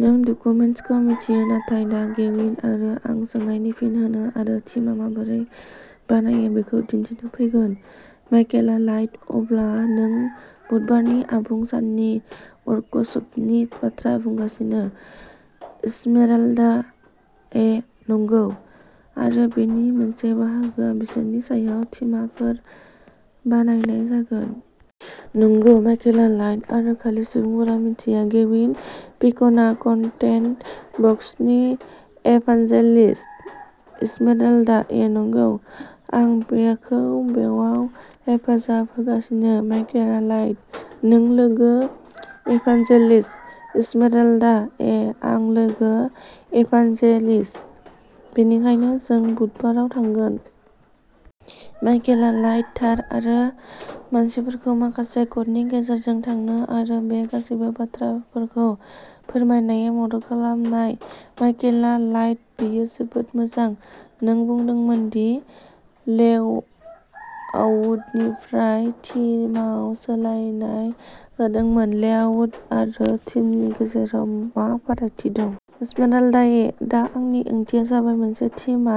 नों डकुमेन्टेसनखौ मिथियो नाथाय दा गेविन आरो आं सोंनायनि फिन होनो आरो थिमा माबोरै बानायो बेखौ दिन्थिनो फैगोन। माइकेला लाइट अब्ला नों बुधबारनि आबुं साननि वर्कसपनि बाथ्रा बुंगासिनो? एस्मेराल्डा ए नंगौ आरो बेनि मोनसे बाहागोआ बिसोरनि सायाव थिमाफोर बानायनाय जागोन। नंगौ। माइकेला लाइट आरो खालि सुबुंफोरा मिन्थिया, गेविन पिकिनआ कन्टेन्ट बक्सनि इभानजेलिस्ट। एस्मेराल्डा ए नंगौ। आं बिखौ बेयाव हेफाजाब होगासिनो। माइकेला लाइट नों लोगो इभानजेलिस्ट। एस्मेराल्डा ए आं लोगो इभानजेलिस्ट, नंगौ। बेनिखायनो जों बुधबाराव थागोन। माइकेला लाइट थार आरो मानसिफोरखौ माखासे क'डनि गेजेरजों थांनो आरो बे गासैबो बाथ्राफोरखौ फोरमायनायाव मदद खालामनाय। माइकेला लाइट बेयो जोबोद मोजां। नों बुंदोंमोन दि लेआउटनिफ्राय थिमाव सोलायनाय जादोंमोन। लेआउट आरो थिमनि गेजेराव मा फारागथि दं? एस्मेराल्डा ए दा आंनि ओंथिया जाबाय मोनसे थिमा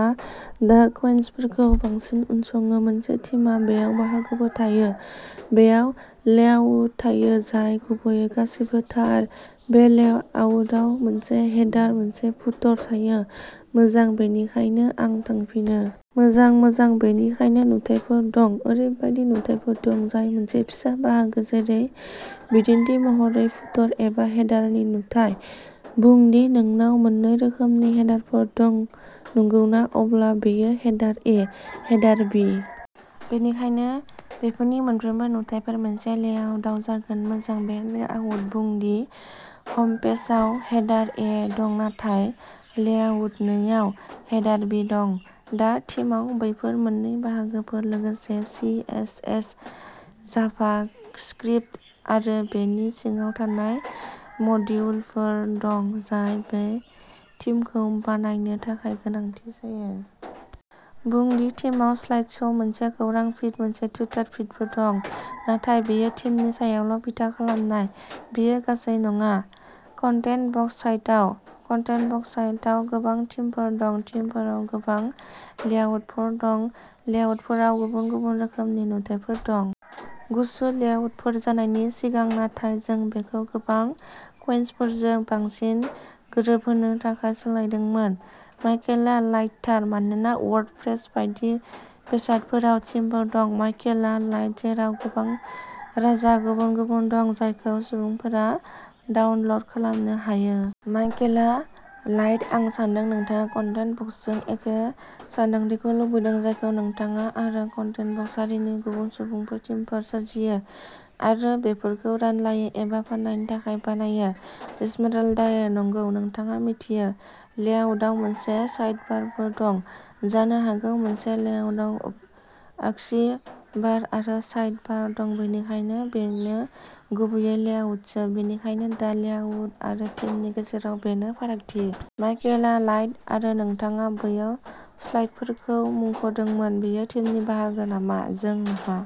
दा कन्वेन्शनफोरखौ बांसिन उनसङो। मोनसे थिमा। बेयाव बाहागोफोर थायो, बेयाव लेआउट थायो जाय गुबैयै गासैबो थार बे लेआउटआव मोनसे हेडार, मोनसे फुटर थायो, मोजां, बेनिखायनो आं थांफिनो। मोजां। मोजां, बेनिखायनो नुथायफोर दं। ओरैबायदि नुथायफोर दं जाय मोनसे फिसा बाहागो जेरै बिदिन्थि महरै फुटर एबा हेडारनि नुथाय। बुं दि नोंनाव मोननै रोखोमनि हेडारफोर दं, नंगौना? अब्ला बेयो हेडार ए, हेडार बी। बेनिखायनो बेफोरनि मोनफ्रोमबो नुथायफोर। मोनसे लेआउटाव जागोन, मोजां बे लेआउट, बुं दि हमपेजआव हेडार ए दं नाथाय लेआउट नैआव हेडार बी दं, दा थीमआव बैफोर मोन्नै बाहागोफोर लोगोसे C S S JavaScript आरो बेनि सिङाव थानाय मडिउलफोर दं जाय बै थीमखौ बानायनो थाखाय गोनांथि जायो। बुं दि थीमआव स्लाइड श', मोनसे खौरां फीड, मोनसे टुइटार फीडबो दं, नाथाय बेयो थिमनि सायावल' बिथा खालामनाय। बेयो गासै नङा, कन्टेन्ट बक्स साइटआव। कन्टेन्ट बक्स साइटआव गोबां थीमफोर दं, थीमफोराव गोबां लेआउटफोर दं, लेआउटफोराव गुबुन-गुबुन रोखोमनि नुथायफोर दं। गुसु लेआउटफोर जानायनि सिगां नाथाय जों बेखौ गोबां कन्वेन्शनफोरजों बांसिन गोरोबहोनो थाखाय सोलायदोंमोन। माइकेला लाइट थार। मानोना वर्ड प्रेस बायदि बेसादफोराव थीमफोर दं। माइकेला लाइट जेराव गोबां रोजा गुबुन-गुबुन दं जायखौ सुबुंफोरा डाउनल'ड खालामनो हायो। माइकेला लाइट आं सान्दों नोंथाङा कन्टेन्ट बक्सजों एखे सानदांथिखौ लुबैदों जायखौ नोंथाङा आरो कन्टेन्ट बक्स हारिनि गुबुन सुबुंफोरा थीमफोर सोरजियो आरो बेफोरखौ रानलायो एबा फाननायनि थाखाय बानायो। एस्मेराल्डा ए नंगौ। नोंथाङा मिथियो, लेआउटआव मोनसे साइडबारबो दं, जानो हागौ मोनसे लेआउटआव अग आगसि बार आरो साइड बार दं, बेनिखायनो बेनो गुबैयै लेआउटसो, बेनिखायनो दा लेआउट आरो थीमनि गेजेराव बेनो फारागथि। माइकेला लाइट आरो नोंथाङा बैयाव स्टाइलफोरखौ मुंख'दोंमोन। बेयो थीमनि बाहागो नामा? जों नामा?